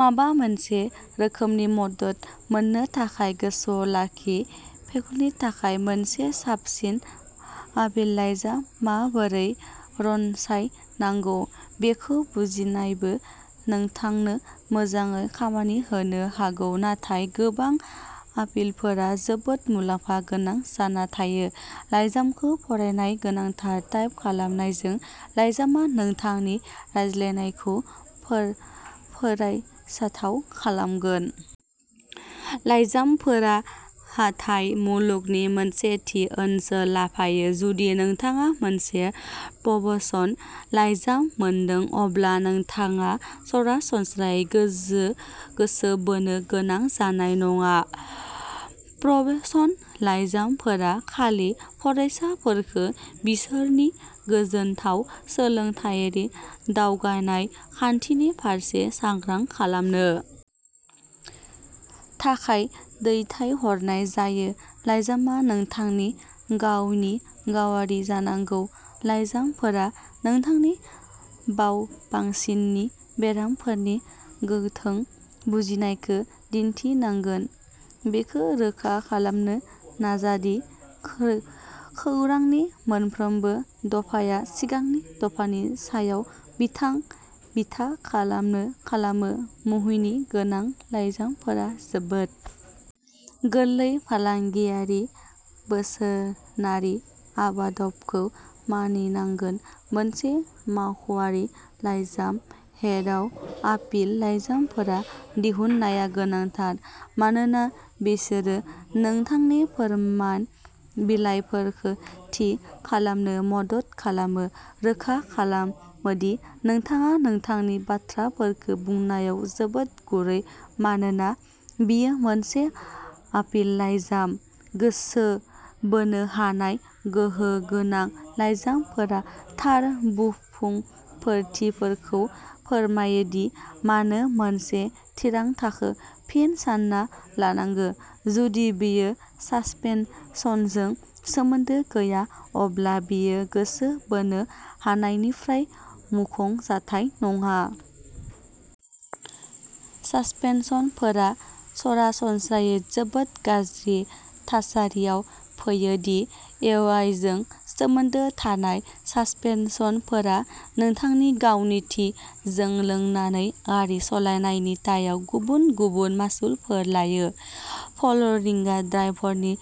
माबा मोनसे रोखोमनि मदद मोननो थाखाय गोसोआव लाखि फेकल्टीनि थाखाय मोनसे साबसिन आपिल लाइजाम माबोरै रनसायनांगौ बेखौ बुजिनायाबो नोंथांनो मोजाङै खामानि होनो हागौ नाथाय गोबां आपिलफोरा जोबोद मुलाम्फा गोनां जाना थायो लाइजामखौ फरायनाया गोनांथार टाइप खालामजानाय लाइजामआ नोंथांनि रायलायनायखौ फरायजाथाव खालामगोन। लाइजामफोरा हाथाइ मुलुगनि मोनसे थि ओनसोल लाफायो। जुदि नोंथाङा मोनसे प्रबेशन लाइजाम मोनदों अब्ला नोंथाङा सरासनस्रायै गोसो बोनो गोनां जानाय नङा प्रबेशन लाइजामफोरा खालि फरायसाफोरखौ बिसोरनि गोजोनथाव सोलोंथायारि दावगानाय खान्थिनि फारसे सांग्रां खालामनो थाखाय दैथाय हरनाय जायो लाइजामआ नोंथांनि गावनि गावारि जानांगौ लाइजामफोरा नोंथांनि बावैसोनि बेरामफोरनि गोथौ बुजिनायखौ दिन्थिनांगोन बेखौ रोखा खालामनो नाजा दि खौरांनि मोनफ्रोमबो दफाया सिगांनि दफानि सायाव बिथा खालामो मुहिनि गोनां लाइजामफोरा जोबोद गोरलै फालांगियारि बोसोनारि आबादबखौ मानिनांगोन मोनसे मावख'आरि लाइजाम हेडआव आपिल लाइजामफोर दिहुननाया गोनांथार मानोना बिसोरो नोंथांनि फोरमान बिलाइफोरखौ थि खालामनो मदद खालामो रोखा खालाम दि नोंथाङा नोंथांनि बाथ्राफोरखौ बुंनायाव जोबोद गुरै मानोना बेयो मोनसे आपिल लाइजाम गोसो बोनो हानाय गोहो गोनां लाइजामफोरा थार बुंफुंफोरथिफोरखौ फोरमायो दि मानो मोनसे थिरांथाखौ फिन सानना लानांगौ जुदि बेयो सासपेनसनजों सोमोन्दो गैया अब्ला बेयो गोसो बोनो हानायनिफ्राय मुंख'जाथाव नङा। सासपेनसनफोरा सरासनस्रायै जोबोद गाज्रि थासारियाव फैयो। दि इउ आइ जों सोमोन्दो थानाय सासपेनसनफोरा नोंथांनि गावनि थि जौ लोंनानै गारि सालायनायनि दायाव गुबुन गुबुन मासुलफोर लायो फ्ल'रिडा ड्राइभारनि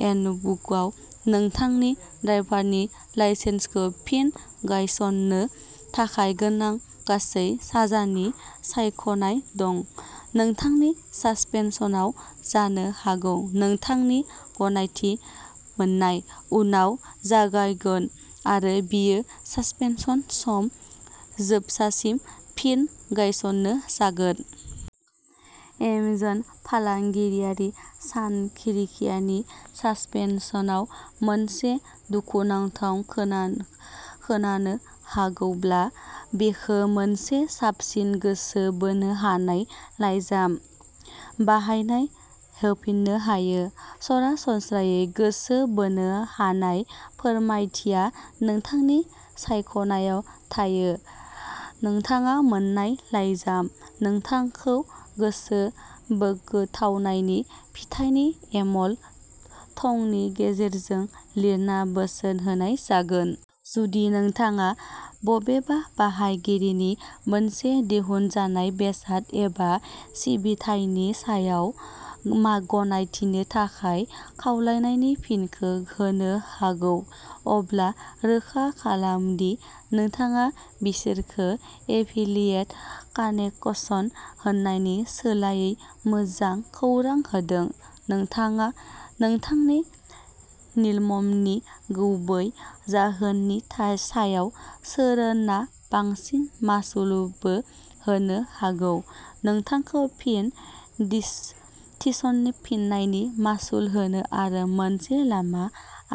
हेन्डबुकआव नोंथांनि ड्राइभारनि लाइसेन्सखौ फिन गायसननो थाखाय गोनां गासै साजानि सायख'नाय दं नोंथांनि सासपेनसनआ जानो हागौ नोंथांनि गनायथि मोन्नाय उनाव जागायगोन आरो बेयो सासपेनसन सम जोबजासिम फिन गायसनजागोन। एमेजन फालांगियारि सानरिखिनि सासपेनसनआ मोनसे दुखुनांथाव खोनानो हागौब्लाबो बेखौ मोनसे साबसिन गोसो बोनो हानाय लाइजाम बाहायनानै होफिननो हायो। सरासनस्रायै गोसो बोनो हानाय फोरमायथिया नोंथांनि सायख'नायाव थायो। नोंथाङा मोन्नाय लाइजाम। नोंथांखौ गोसो बोगथाबनायनि फिथाइनि इमेल थंनि गेजेरजों लिरना बोसोन होनाय जागोन। जुदि नोंथाङा बबेबा बाहायगिरिनि मोनसे दिहुनजानाय बेसाद एबा सिबिथायनि सायाव गनायथिनि थाखाय खावलायनायनि फिनखौ होनो हागौ अब्ला रोखा खालाम दि नोंथाङा बिसोरखौ एफिलियेट कानेकसन होनायनि सोलायै मोजां खौरां होदों नोंथाङा नोंथांनि निलम्बननि गुबै जाहोननि सायाव सोनारना बांसिन मासुलबो होनो हागौ नोंथांखौ फिन थिसनफिन्नायनि मासुल होनो आरो मोनसे लामा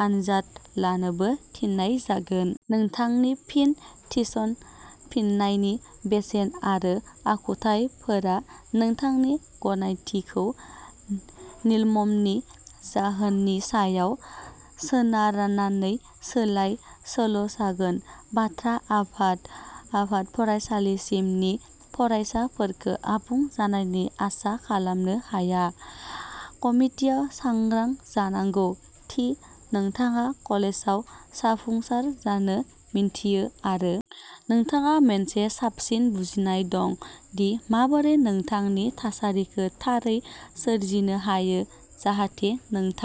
आनजाद लानोबो थिननाय जागोन। नोंथांनि फिन थिसनफिन्नायनि बेसेन आरो आखुथायफोरा नोंथांनि गनायथिखौ निलम्बननि जाहोननि सायाव सोनारनानै सोलाय सोल' जागोन बाथ्रा आफादा फरायसालिमानि फरायसाफोरखौ आबुं जानायनि आसा खालामनो हाया कमितिआ सांग्रां जानांगौ दि नोंथाङा कलेजाव जाफुंसार जानो मिन्थियो आरो नोंथाङा मोनसे साबसिन बुजिनाय दं दि माबोरै नोंथांनि थासारिखौ थारै सोरजिनो हायो जाहाथे नोंथां